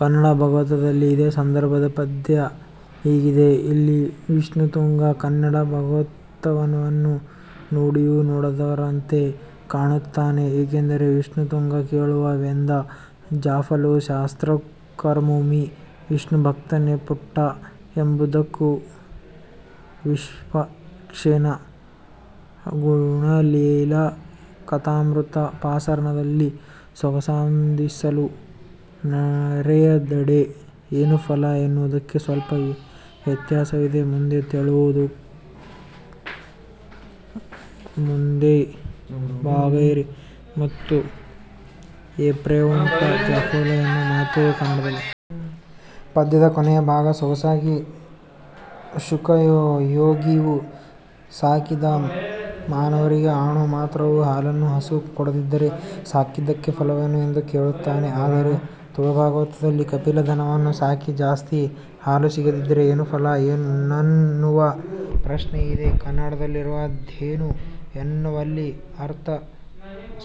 ಕನ್ನಡ ಭಾಗವತದಲ್ಲಿ ಇದೇ ಸಂದರ್ಭದ ಪದ್ಯ ಹೀಗಿದೆ. ಇಲ್ಲಿ ವಿಷ್ಣುತುಂಗ ಕನ್ನಡ ಭಾಗವತವನ್ನು ನೋಡಿಯೂ ನೋಡದವರಂತೆ ಕಾಣುತ್ತಾನೆ. ಏಕೆಂದರೆ ವಿಷ್ಣು ತುಂಗ ಕೇಳುವ 'ವೆಂದ್ ಜಾಫಲೊ ಶಾಸ್ತ್ರಕರ್ಮೊಮಿ ವಿಷ್ಣುಭಕ್ತಿದನೆಪ್ಪುಟಾ ಎಂಬುದಕ್ಕೂ ವಿಷ್ಪಕ್ಷೇನ ಗುಣಲೀಲಾ ಕಥಾಮೃತ ಪಾನರಸದಲಿ ಸೊಗಸನುತ್ಪಾದಿಸಲು ನೆರೆಯದೆಡೆ-ಏನು ಫಲ ಎನ್ನುವುದಕ್ಕೂ ಸ್ವಲ್ಪ ವ್ಯತ್ಯಾಸವಿದೆ. ಮುಂದೆ ತುಳುವ ಕೇಳುವ ಮಂದಭಾಗೈರ್ ಮತ್ತು ವಿಪ್ರೆರಾವುಂಟ ಜಾಫಲೋ ಎನ್ನುವ ಮಾತುಗಳು ಕನ್ನಡದಲ್ಲಿಲ್ಲ. ಪದ್ಯದ ಕೊನೆಯ ಭಾಗ ಸೊಗಸಾಗಿದೆ. ಶುಕಯೋಗಿಯು ಸಾಕಿದ ಮಾನವರಿಗೆ ಅಣು ಮಾತ್ರವೂ ಹಾಲನ್ನೂ ಹಸು ಕೊಡದಿದ್ದರೆ ಸಾಕಿದ್ದಕ್ಕೆ ಫಲವೇನು ಎಂದು ಕೇಳುತ್ತಾನೆ. ಆದರೆ ತುಳುಭಾಗವತದಲ್ಲಿ 'ಕಪಿಲೆ ದನವನ್ನು ಸಾಕಿ ಜಾಸ್ತಿ ಹಾಲು ಸಿಗದಿದ್ದರೆ ಏನು ಫಲ? ಎನ್ನುವ ಪ್ರಶ್ನೆಯಿದೆ. ಕನ್ನಡದಲ್ಲಿರುವ 'ಧೇನು' ಎನ್ನುವಲ್ಲಿ ಅರ್ಥ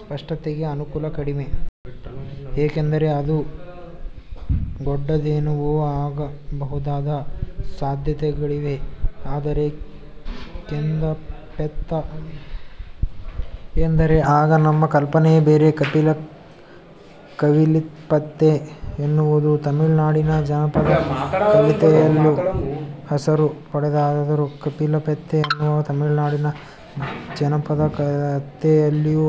ಸ್ಪಷ್ಟತೆಗೆ ಅನುಕೂಲ ಕಡಿಮೆ. ಏಕೆಂದರೆ ಅದು 'ಗೊಡ್ಡುಧೇನು'ವೂ ಆಗಬಹುದಾದ ಸಾಧ್ಯತೆಗಳಿವೆ. ಆದರೆ 'ಕೆಂದ ಪೆತ್ತ' ಎಂದರೆ ಆಗ ನಮ್ಮ ಕಲ್ಪನೆಯೇ ಬೇರೆ 'ಕಪಿಲೆ', 'ಕವಿಲ್ತಿಪೆತ್ತ' ಎನ್ನುವುದು ತುಳುನಾಡಿನ ಜಾನಪದ ಕತೆಯಲ್ಲಿಯೂ ಹೆಸರು ಪಡೆದುದು. 'ಕಪಿಲೆ ಪೆತ್ತ' ಎನ್ನುವುದು ತುಳುನಾಡಿನ ಜಾನಪದ ಕತೆಯಲ್ಲಿಯೂ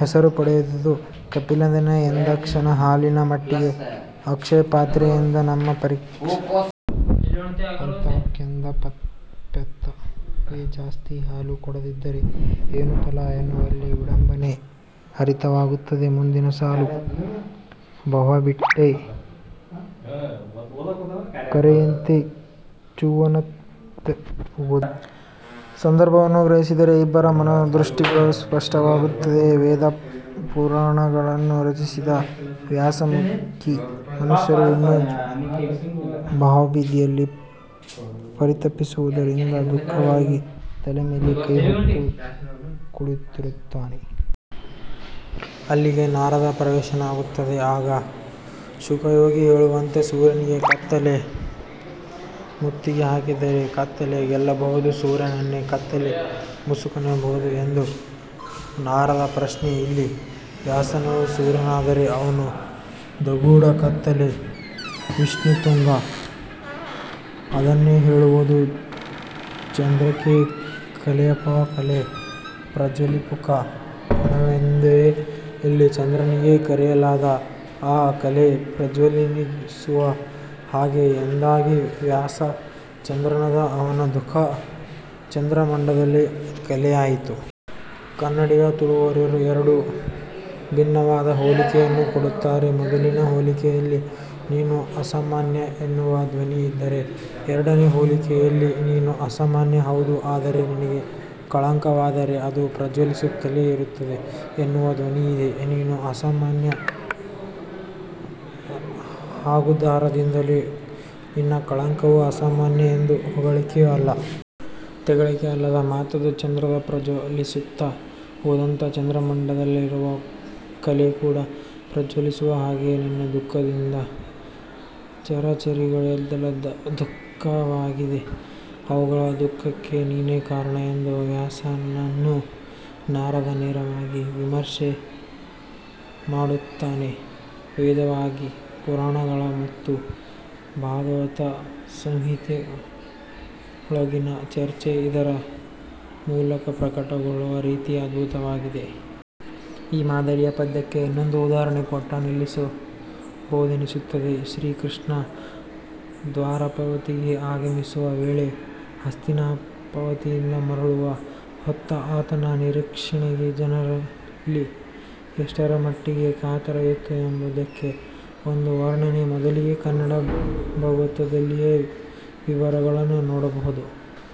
ಹೆಸರು ಪಡೆದುದು. 'ಕಪಿಲೆದನ' ಎಂದಾಕ್ಷಣ ಹಾಲಿನ ಮಟ್ಟಿಗೆ ಅಕ್ಷಯಪಾತ್ರೆ ಎಂದೇ ನಮ್ಮ ಪರಿಕಲ್ಪನೆ. ಅಂತಹ 'ಕೆಂದ ಪೆತ್ತ' ವೇ ಜಾಸ್ತಿ ಹಾಲು ಕೊಡದಿದ್ದರೆ ಏನು ಫಲ? ಎನ್ನುವಲ್ಲಿ ವಿಡಂಬನೆ ಹರಿತವಾಗುತ್ತದೆ. ಮುಂದಿನ ಸಾಲು 'ಭವಾಬ್ದೀಟೇ ಕರೆಯಂತ್ಯ ಚೂವನತೇಪ್ಪರ್' ಎನ್ನುವುದೂ ವಿಷ್ಣುತುಂಗನದೇ. ಈ ಪದ್ಯಗಳ ಸಂದರ್ಭವನ್ನು ಗ್ರಹಿಸಿದರೆ ಇಬ್ಬರ ಮನೋದೃಷ್ಟಿಗಳು ಸ್ಪಷ್ಟವಾಗುತ್ತವೆ. ವೇದಾದಿಪುರಾಣಗಳನ್ನು ರಚಿಸಿದ ವ್ಯಾಸಮುನಿಗೆ ಮನುಷ್ಯರು ಇನ್ನೂ ಭವಾಬ್ಧಿಯಲ್ಲಿ ಪರಿತಪಿಸುವುದರಿಂದ ದುಃಖವಾಗಿ ತಲೆ ಮೇಲೆ ಕೈ ಹೊತ್ತು ಕುಳಿತಿರುತ್ತಾನೆ. ಅಲ್ಲಿಗೆ ನಾರದನ ಪ್ರವೇಶವಾಗುತ್ತದೆ. ಆಗ ಶುಕಯೋಗಿ ಹೇಳುವಂತೆ 'ಸೂರ್ಯನಿಗೆ ಕತ್ತಲೆ ಮುತ್ತಿಗೆ ಹಾಕಿದರೆ ಕತ್ತಲೆ ಗೆಲ್ಲಬಹುದೋ''ಸೂರ್ಯನನ್ನೇ ಕತ್ತಲೆ ಮುಸುಕಬಹುದೇ ಎಂದು ನಾರದನ ಪ್ರಶ್ನೆ. ಇಲ್ಲಿ ವ್ಯಾಸನು ಸೂರ್ಯನಾದರೆ ಅವನು ದುಗುಡ ಕತ್ತಲೆ. ವಿಷ್ಣು ತುಂಗ ಅದನ್ನೇ ಹೇಳುವುದು ಚಂದ್ರಕೇ ಕಲೆಯಾವಪಾ ಕಲೆ ಪ್ರಜ್ವಲೀಪುಕ್ ಣಂದೊಮೆ' ಇಲ್ಲಿ ಚಂದ್ರನಿಗೇ ಕಲೆಯಾದರೆ ಆ ಕಲೆ ಪ್ರಜ್ವಲಿಸುವ ಹಾಗೆ ಎಂದಾಗಿ ವ್ಯಾಸ ಚಂದ್ರನಾದ ಅವನ ದುಃಖ ಆ ಚಂದ್ರಮಂಡದಲ್ಲಿರುವ ಕಲೆಯಾಯಿತು. ಕನ್ನಡಿಗ ಮತ್ತು ತುಳುವರೀರ್ವರು ಎರಡು ಭಿನ್ನವಾದ ಹೋಲಿಕೆಯನ್ನು ಕೊಡುತ್ತಾರೆ. ಮೊದಲಿನ ಹೋಲಿಕೆಯಲ್ಲಿ ನೀನು ಅಸಾಮಾನ್ಯ ಎನ್ನುವ ಧ್ವನಿಯಿದ್ದರೆ ಎರಡನೇ ಹೋಲಿಕೆಯಲ್ಲಿ ನೀನು ಅಸಾಮಾನ್ಯ ಹೌದು. ಆದರೆ ನಿನಗೆ ಕಳಂಕವಾದರೆ ಅದು ಪ್ರಜ್ವಲಿಸುತ್ತಲೇ ಇರುತ್ತದೆ ಎನ್ನುವ ಧ್ವನಿಯಿದೆ. ನೀನು ಅಸಾಮಾನ್ಯ, ಹಾಗಾದುದರಿಂದಲೇ ನಿನ್ನ ಕಳಂಕವೂ ಅಸಾಮಾನ್ಯ ಎಂದು ಹೊಗಳಿಕೆಯೂ ಅಲ್ಲ. ತೆಗಳಿಕೆಯೂ ಅಲ್ಲದ ಮಾತದು. ಚಂದ್ರ ಪ್ರಜ್ವಲಿಸುತ್ತಾ ಹೋದಂತೆ ಚಂದ್ರಮಂಡಲದಲ್ಲಿರುವ ಕಲೆ ಕೂಡಾ ಪ್ರಜ್ವಲಿಸುವ ಹಾಗೆ ನಿನ್ನ ದುಃಖದಿಂದಾಗಿ ಚರಾಚರಗಳಿಗೆಲ್ಲ ದುಃಖವಾಗಿದೆ. ಅವುಗಳ ದುಃಖಕ್ಕೆ ನೀನೇ ಕಾರಣ ಎಂದು ವ್ಯಾಸನನ್ನು ನಾರದ ನೇರವಾಗಿ ವಿಮರ್ಶೆ ಮಾಡುತ್ತಾನೆ. ವೇದಾದಿ ಪುರಾಣಗಳ ಮತ್ತು ಭಾಗವತ ಸಂಹಿತೆಗಳೊಳಗಿನ ಚರ್ಚೆ ಇದರ ಮೂಲಕ ಪ್ರಕಟಗೊಳ್ಳುವ ರೀತಿ ಅದ್ಭುತವಾಗಿದೆ. ಈ ಮಾದರಿಯ ಪದ್ಯಕ್ಕೆ ಇನ್ನೊಂದೇ ಉದಾಹರಣೆ ಕೊಟ್ಟು ನಿಲ್ಲಿಸಬಹುದೆನಿಸುತ್ತದೆ. ಶ್ರೀ ಕೃಷ್ಣ ದ್ವಾರಾವತಿಗೆ ಆಗಮಿಸುವ ವೇಳೆಗೆ ಹಸ್ತಿನಾವತಿಯಿಂದ ಮರಳುವ ಹೊತ್ತ ಆತನ ನಿರೀಕ್ಷಣೆಗೆ ಜನರಲ್ಲಿ ಎಷ್ಟರಮಟ್ಟಿಗೆ ಕಾತರವಿತ್ತು ಎಂಬುದಕ್ಕೆ ಒಂದು ವರ್ಣನೆ. ಮೊದಲಿಗೆ ಕನ್ನಡ ಭಾಗವತದಲ್ಲಿಯ ವಿವರಗಳನ್ನು ನೋಡಬಹುದು.